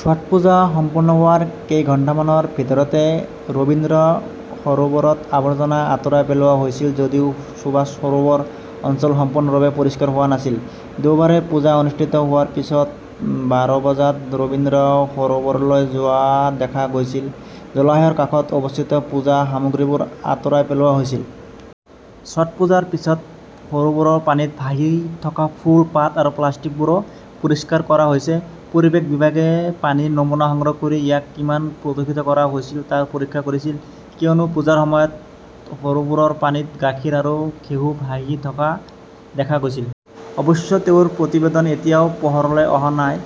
ছঠপুজা সম্পূৰ্ণ হোৱাৰ কেইঘণ্টামানৰ ভিতৰতে ৰবীন্দ্ৰ সৰোবৰত আৱৰ্জনা আঁতৰাই পেলোৱা হৈছিল যদিও সুভাষ সৰোবৰ অঞ্চল সম্পূৰ্ণৰূপে পৰিষ্কাৰ হোৱা নাছিল। দেওবাৰে পূজা অনুষ্ঠিত হোৱাৰ পিছত বাৰ বজাত ৰবীন্দ্ৰ সৰোবৰলৈ যোৱা দেখা গৈছিল। জলাশয়ৰ কাষত অৱস্থিত পূজা সামগ্ৰীবোৰ আঁতৰাই পেলোৱা হৈছিল। ছটপুজাৰ পিছত সৰোবৰৰ পানীত ভাহি থকা ফুল, পাত আৰু প্লাষ্টিকবোৰো পৰিষ্কাৰ কৰা হৈছে। পৰিৱেশ বিভাগে পানীৰ নমুনা সংগ্ৰহ কৰি ইয়াক কিমান প্ৰদূষিত কৰা হৈছিল তাৰ পৰীক্ষা কৰিছিল কিয়নো পূজাৰ সময়ত সৰোবৰৰ পানীত গাখীৰ আৰু ঘেঁহু ভাহি থকা দেখা গৈছিল। অৱশ্যে তেওঁৰ প্ৰতিবেদন এতিয়াও পোহৰলৈ অহা নাই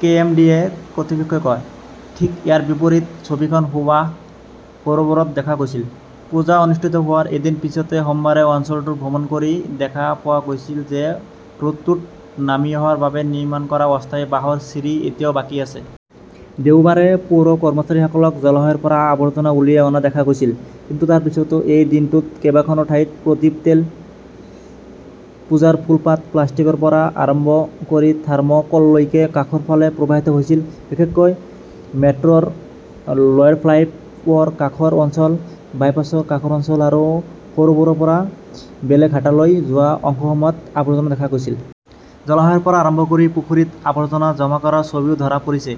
কে.এম.ডি.এ কৰ্তৃপক্ষই কয়। ঠিক ইয়াৰ বিপৰীত ছবিখন সুভাষ সৰোবৰত দেখা গৈছিল। পূজা অনুষ্ঠিত হোৱাৰ এদিন পিছতে সোমবাৰে অঞ্চলটো ভ্ৰমণ কৰি দেখা পোৱা গৈছিল যে হ্ৰদটোত নামি অহাৰ বাবে নিৰ্মাণ কৰা অস্থায়ী বাঁহৰ চিৰি এতিয়াও বাকী আছে। দেওবাৰে পৌৰ কৰ্মচাৰীসকলক জলাশয়ৰ পৰা আৱৰ্জনা উলিয়াই অনা দেখা গৈছিল। কিন্তু তাৰ পিছতো, এই দিনটোত কেইবাখনো ঠাইত প্ৰদীপ, তেল, পূজাৰ ফুল-পাত, প্লাষ্টিকৰ পৰা আৰম্ভ কৰি থাৰ্মোকললৈকে কাষৰ ফালে প্ৰবাহিত হৈছিল। বিশেষকৈ মেট্ৰ ৰে' লৱেৰ ফ্লাইপ লৰ কাষৰ অঞ্চল ,বাইপাছৰ কাষৰ অঞ্চল আৰু সৰোবৰৰ পৰা বেলেঘাটালৈ যোৱা অংশসমূহত আৱৰ্জনা দেখা গৈছে। জলাশয়ৰ পৰা আৰম্ভ কৰি পুখুৰীত আৱৰ্জনা জমা কৰাৰ ছবিও ধৰা পৰিছে।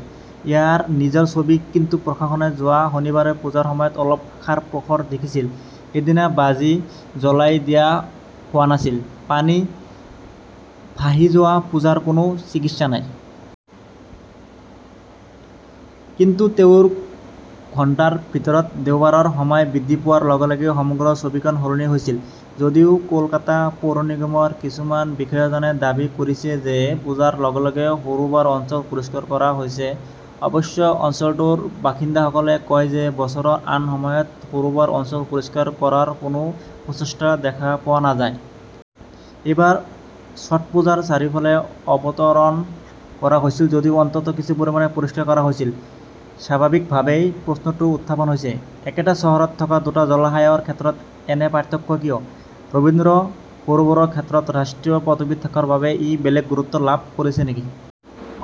ইয়াৰ নিজৰ ছবি কিন্তু প্ৰশাসনে যোৱা শনিবাৰে পূজাৰ সময়ত অলপ আশাৰ পোহৰ দেখিছিল। সেইদিনা বাজি জ্বলাই দিয়া হোৱা নাছিল। পানীত ভাহি যোৱা পূজাৰ কোনো চিকিৎসা নাই। কিন্তু তেওঁৰ ঘণ্টাৰ ভিতৰত, দেওবাৰৰ সময় বৃদ্ধি পোৱাৰ লগে -লগে সমগ্ৰ ছবিখন সলনি হৈছিল। যদিও কলকাতা পৌৰ নিগমৰ কিছুমান বিষয়াজনে দাবী কৰিছে যে পূজাৰ লগে -লগে সৰোবৰ অঞ্চল পৰিষ্কাৰ কৰা হৈছে। অৱশ্যে অঞ্চলটোৰ বাসিন্দাসকলে কয় যে বছৰৰ আন সময়ত সৰোবৰ অঞ্চল পৰিষ্কাৰ কৰাৰ কোনো প্ৰচেষ্টা দেখা পোৱা নাযায়। এইবাৰ ছঠপুজাৰ চাৰিওফালে অৱতৰণ কৰা হৈছিল যদিও অন্তত কিছু পৰিমাণে পৰিষ্কাৰ কৰা হৈছিল। স্বাভাৱিকভাৱেই প্ৰশ্নটো উত্থাপন হৈছে, একেটা চহৰত থকা দুটা জলাশয়ৰ ক্ষেত্ৰত এনে পাৰ্থক্য কিয়? ৰবীন্দ্ৰ সৰোবৰৰ ক্ষেত্ৰত ৰাষ্ট্ৰীয় পদবী থকাৰ বাবে ই বেলেগ গুৰুত্ব লাভ কৰিছে নেকি?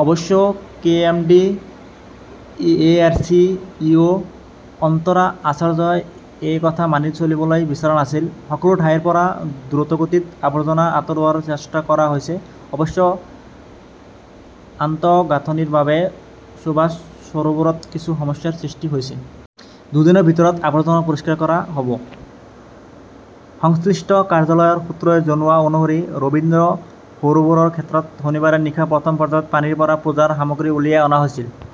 অৱশ্যে কে.এম. ডি .এ .ৰ চি .ই. অ. অন্তৰা আচাৰ্যই এই কথা মানি চলিবলৈ বিচৰা নাছিল। সকলো ঠাইৰ পৰা দ্ৰুতগতিত আৱৰ্জনা আঁতৰোৱাৰ চেষ্টা কৰা হৈছে। অৱশ্যে আন্ত- গাঁথনিৰ বাবে সুভাষ সৰোবৰত কিছু সমস্যাৰ সৃষ্টি হৈছে। দুদিনৰ ভিতৰত আৱৰ্জনা পৰিষ্কাৰ কৰা হ 'ব। সংশ্লিষ্ট কাৰ্যালয়ৰ সূত্ৰই জনোৱা অনুসৰি, ৰবীন্দ্ৰ সৰোবৰৰ ক্ষেত্ৰত শনিবাৰে নিশা প্ৰথম পৰ্যায়ত পানীৰ পৰা পূজাৰ সামগ্ৰী উলিয়াই অনা হৈছিল।